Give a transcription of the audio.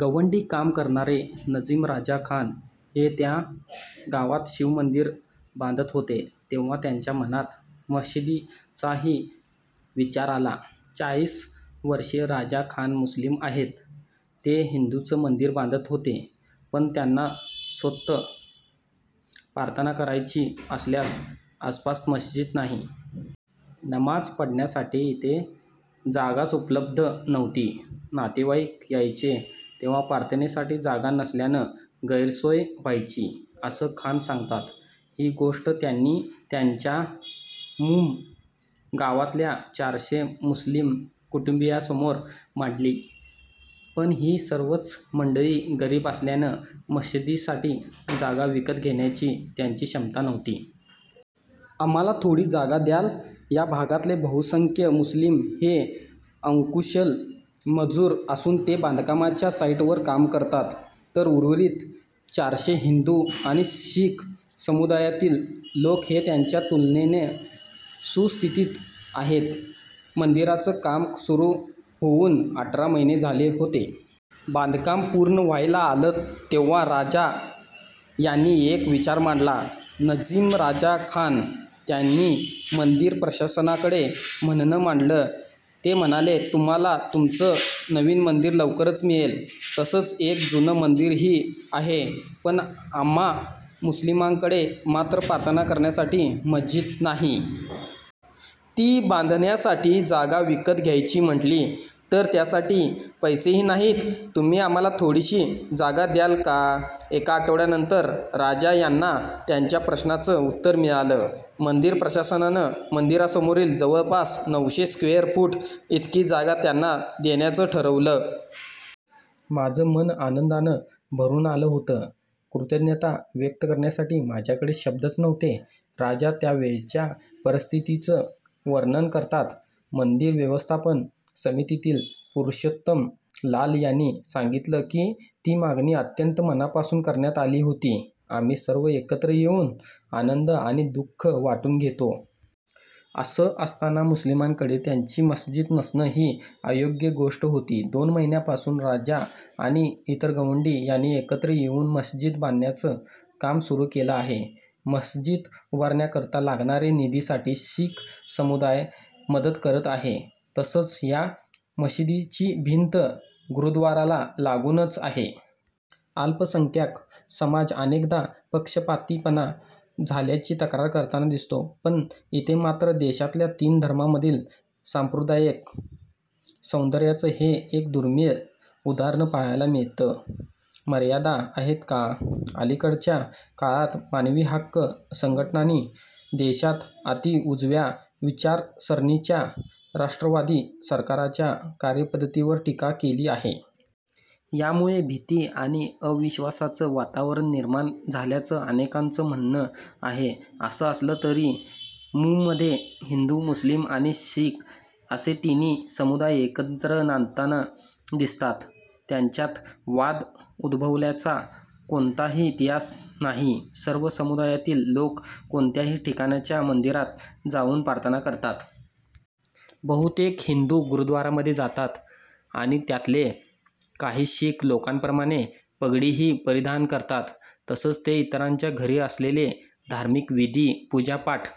गवंडी काम करणारे नजीम राजा खान हे त्या गावात शिव मंदिर बांधत होते. तेव्हा त्यांच्या मनात मशिदीचाही विचार आला. चाळीस वर्षीय राजा खान मुस्लीम आहेत. ते हिंदूचं मंदिर बांधत होते. पण त्यांना स्वत: प्रार्थना करायची असल्यास आसपास मशीद नाही. नमाज पढण्यासाठी इथे जागाच उपलब्ध नव्हती. नातेवाईक यायचे तेव्हा प्रार्थनेसाठी जागा नसल्यानं गैरसोय व्हायची, असं खान सांगतात. ही गोष्ट त्यांनी त्यांच्या मूम गावातल्या चारशे मुस्लीम कुटुंबीयांसमोर मांडली. पण ही सर्वच मंडळी गरीब असल्यानं मशिदीसाठी जागा विकत घेण्याची त्यांची क्षमता नव्हती. आम्हाला थोडी जागा द्याल? या भागातले बहुसंख्य मुस्लीम हे अकुशल मजूर असून ते बांधकामाच्या साईटवर काम करतात. तर उर्वरित चारशे हिंदू आणि शीख समुदायातील लोक हे त्यांच्या तुलनेनं सुस्थितीत आहेत. मंदिराचं काम सुरू होऊन अठरा महीने झाले होते. बांधकाम पूर्ण व्हायला आलं तेव्हा राजा यांनी एक विचार मांडला. नजीम राजा खान त्यांनी मंदिर प्रशासनाकडे म्हणणं मांडंलं. ते म्हणाले, तुम्हाला तुमचं नवीन मंदिर लवकरच मिळेल. तसंच एक जुनं मंदिरही आहे. पण आम्हा मुस्लिमांकडे मात्र प्रार्थना करण्यासाठी मशीद नाही. ती बांधण्यासाठी जागा विकत घ्यायची म्हटली तर त्यासाठी पैसेही नाहीत. तुम्ही आम्हाला थोडीशी जागा द्याल का? एका आठवड्यानंतर राजा यांना त्यांच्या प्रश्नाचं उत्तर मिळालं. मंदिर प्रशासनानं मंदिरासमोरील जवळपास नऊशे स्क्वेअर फूट इतकी जागा त्यांना देण्याचं ठरवलं. माझं मन आनंदानं भरून आलं होतं. कृतज्ञता व्यक्त करण्यासाठी माझ्याकडे शब्दच नव्हते, राजा त्यावेळच्या परिस्थितीचं वर्णन करतात. मंदिर व्यवस्थापन समितीतील पुरषोत्तम लाल यांनी सांगितलं की, ती मागणी अत्यंत मनापासून करण्यात आली होती. आम्ही सर्व एकत्र येऊन आनंद आणि दु:ख वाटून घेतो. असं असताना मुस्लिमांकडे त्यांची मशीद नसणं, ही अयोग्य गोष्ट होती. दोन महिन्यांपासून राजा आणि इतर गवंडी यांनी एकत्र येऊन मशीद बांधण्याचं काम सुरू केलं आहे. मशीद उभारण्याकरता लागणाऱ्या निधीसाठी शीख समुदाय मदत करत आहे, तसंच या मशिदीची भिंत गुरुद्वाराला लागूनच आहे. अल्पसंख्याक समाज अनेकदा पक्षपातीपणा झाल्याची तक्रार करताना दिसतो. पण इथे मात्र देशातल्या तीन धर्मांमधील सांप्रदायिक सौहर्दाचं हे एक दुर्मीळ उदाहरण पाहायला मिळतं. मर्यादा आहेत का? अलिकडच्या काळात, मानवी हक्क संघटनांनी देशात अती उजव्या विचारसरणीच्या राष्ट्रवादी सरकारांच्या कार्यपध्दतीवर टीका केली आहे. यामुळे भीती आणि अविश्वासाचं वातावरण निर्माण झाल्याचं अनेकांचं म्हणणं आहे. असं असलं तरी, मूममध्ये हिंदू, मुस्लीम आणि शीख असे तिन्ही समुदाय एकत्र नांदताना दिसतात. त्यांच्यात वाद उद्भवल्याचा कोणताही इतिहास नाही. सर्व समुदायातील लोक कोणत्याही ठिकाणच्या मंदिरात जाऊन प्रार्थना करतात. बहुतेक हिंदू गुरुद्वारामध्ये जातात आणि त्यातले काही शीख लोकांप्रमाणे पगडीही परिधान करतात. तसंच ते इतरांच्या घरी असलेले धार्मिक विधी, पूजापाठ